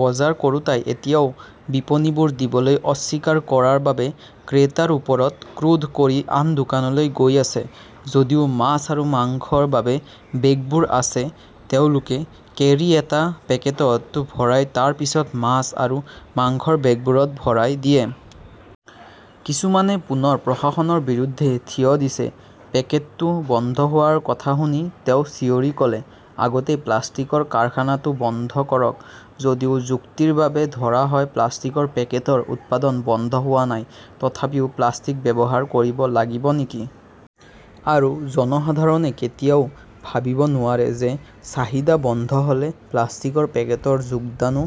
বজাৰ কৰোঁতাই এতিয়াও বিপণীবোৰ দিবলৈ অস্বীকাৰ কৰাৰ বাবে ক্ৰেতাৰ ওপৰত ক্ৰোধ কৰি আন দোকানলৈ গৈ আছে। যদিও মাছ আৰু মাংসৰ বাবে বেগবোৰ আছে, তেওঁলোকে কেৰী এটা পেকেটত ভৰাই তাৰ পিছত মাছ আৰু মাংসৰ বেগবোৰত ভৰাই দিয়ে। কিছুমানে পুনৰ প্ৰশাসনৰ বিৰুদ্ধে থিয় দিছে। পেকেটটো বন্ধ হোৱাৰ কথা শুনি তেওঁ চিঞৰি ক "লে", আগতে প্লাষ্টিকৰ কাৰখানাটো বন্ধ কৰক! "যদিও যুক্তিৰ বাবে ধৰা হয়-প্লাষ্টিকৰ পেকেটৰ উৎপাদন বন্ধ হোৱা নাই, তথাপিও প্লাষ্টিক ব্যৱহাৰ কৰিব লাগিব নেকি? আৰু জনসাধাৰণে কেতিয়াও ভাবিব নোৱাৰে যে চাহিদা বন্ধ হ "লে প্লাষ্টিকৰ পেকেটৰ যোগানও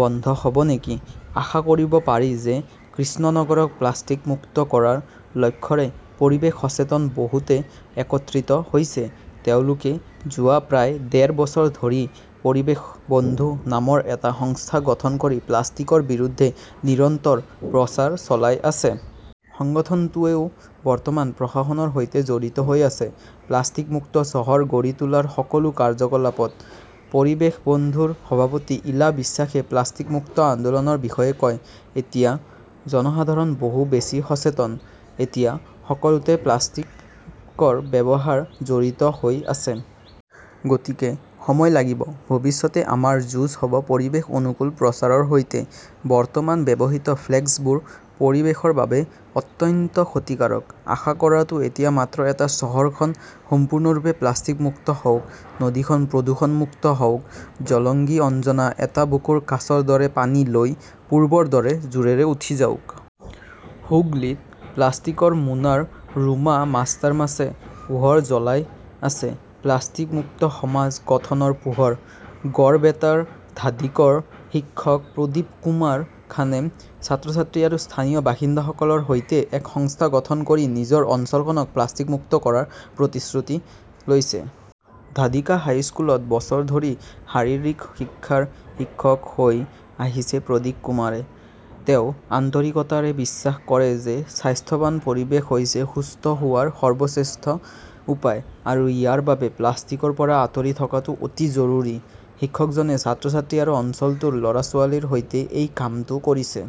বন্ধ হ" ব নেকি? আশা কৰিব পাৰি যে কৃষ্ণনগৰক প্লাষ্টিক মুক্ত কৰাৰ লক্ষ্যৰে পৰিৱেশ সচেতন বহুতে একত্ৰিত হৈছে। তেওঁলোকে যোৱা প্ৰায় ডেৰ বছৰ ধৰি 'পৰিৱেশ বন্ধু "নামৰ এটা সংস্থা গঠন কৰি প্লাষ্টিকৰ বিৰুদ্ধে নিৰন্তৰ প্ৰচাৰ চলাই আহিছে। সংগঠনটোৱেও বৰ্তমান প্ৰশাসনৰ সৈতে জড়িত হৈ আছে, প্লাষ্টিক-মুক্ত চহৰ গঢ়ি তোলাৰ সকলো কাৰ্যকলাপত। 'পৰিৱেশ বন্ধু "ৰ সভাপতি ইলা বিশ্বাসে প্লাষ্টিক মুক্ত আন্দোলনৰ বিষয়ে কয়", এতিয়া জনসাধাৰণ বহু বেছি সচেতন। এতিয়া সকলোতে প্লাষ্টিকৰ ব্যৱহাৰ জড়িত হৈ আছে। গতিকে সময় লাগিব। ভৱিষ্যতে আমাৰ যুঁজ হ "ব পৰিৱেশ-অনুকূল প্ৰচাৰৰ সৈতে। বৰ্তমান ব্যৱহৃত ফ্লেক্সবোৰ পৰিৱেশৰ বাবে অত্যন্ত ক্ষতিকাৰক। "আশা কৰাটো এতিয়া মাত্ৰ এটা-চহৰখন সম্পূৰ্ণৰূপে প্লাষ্টিক মুক্ত হওক। নদীখন প্ৰদূষণমুক্ত হওক। জলংগী, অঞ্জনা, এটা বুকুৰ কাচৰ দৰে পানী লৈ পূৰ্বৰ দৰে জোৰেৰে উঠি যাওক। হুগলীত প্লাষ্টিকৰ মোনাৰ ৰোমা মাষ্টাৰমাছে পোহৰ জ্বলাই আছে। প্লাষ্টিক মুক্ত সমাজ গঠনৰ পোহৰ। গড়বেতাৰ ধাদিকাৰ শিক্ষক প্ৰদীপ কুমাৰ খানে ছাত্ৰ-ছাত্ৰী আৰু স্থানীয় বাসিন্দাসকলৰ সৈতে এক সংস্থা গঠন কৰি নিজৰ অঞ্চলখনক প্লাষ্টিক মুক্ত কৰাৰ প্ৰতিশ্ৰুতি লৈছে। ধাদিকা হাইস্কুলত বছৰ ধৰি শাৰীৰিক শিক্ষাৰ শিক্ষক হৈ আহিছে প্ৰদীপ কুমাৰে। তেওঁ আন্তৰিকতাৰে বিশ্বাস কৰে যে স্বাস্থ্যৱান পৰিৱেশ হৈছে সুস্থ হোৱাৰ সৰ্বশ্ৰেষ্ঠ উপায়। আৰু ইয়াৰ বাবে প্লাষ্টিকৰ পৰা আঁতৰি থকাটো অতি জৰুৰী। শিক্ষকজনে ছাত্ৰ-ছাত্ৰী আৰু অঞ্চলটোৰ ল "ৰা-ছোৱালীৰ সৈতে এই কামটো কৰিছে।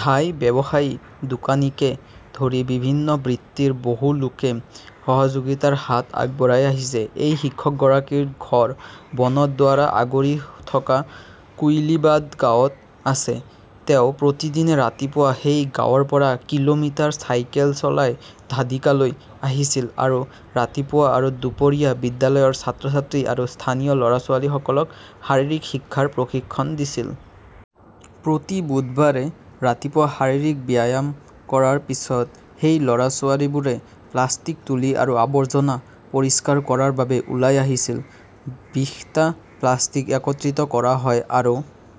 ধাই ব্যৱসায়ী, দোকানীকে ধৰি বিভিন্ন বৃত্তিৰ বহু লোকে সহযোগিতাৰ হাত আগবঢ়াই আহিছে। এই শিক্ষকগৰাকীৰ ঘৰ বনৰ দ্বাৰা আগুৰি থকা কুইলিবাদ গাঁৱত আছে। তেওঁ প্ৰতিদিনে ৰাতিপুৱা সেই গাঁৱৰ পৰা কিলোমিটাৰ চাইকেল চলাই ধাদিকালৈ আহিছিল আৰু ৰাতিপুৱা আৰু দুপৰীয়া বিদ্যালয়ৰ ছাত্ৰ-ছাত্ৰী আৰু স্থানীয় ল "ৰা-ছোৱালীসকলক শাৰীৰিক শিক্ষাৰ প্ৰশিক্ষণ দিছিল। প্ৰতি বুধবাৰে ৰাতিপুৱা শাৰীৰিক ব্যায়াম কৰাৰ পিছত, সেই ল "ৰা-ছোৱালীবোৰে প্লাষ্টিক তুলি আৰু আৱৰ্জনা পৰিষ্কাৰ কৰাৰ বাবে ওলাই আহিছিল। বিশটা প্লাষ্টিক একত্ৰিত কৰা হয় আৰু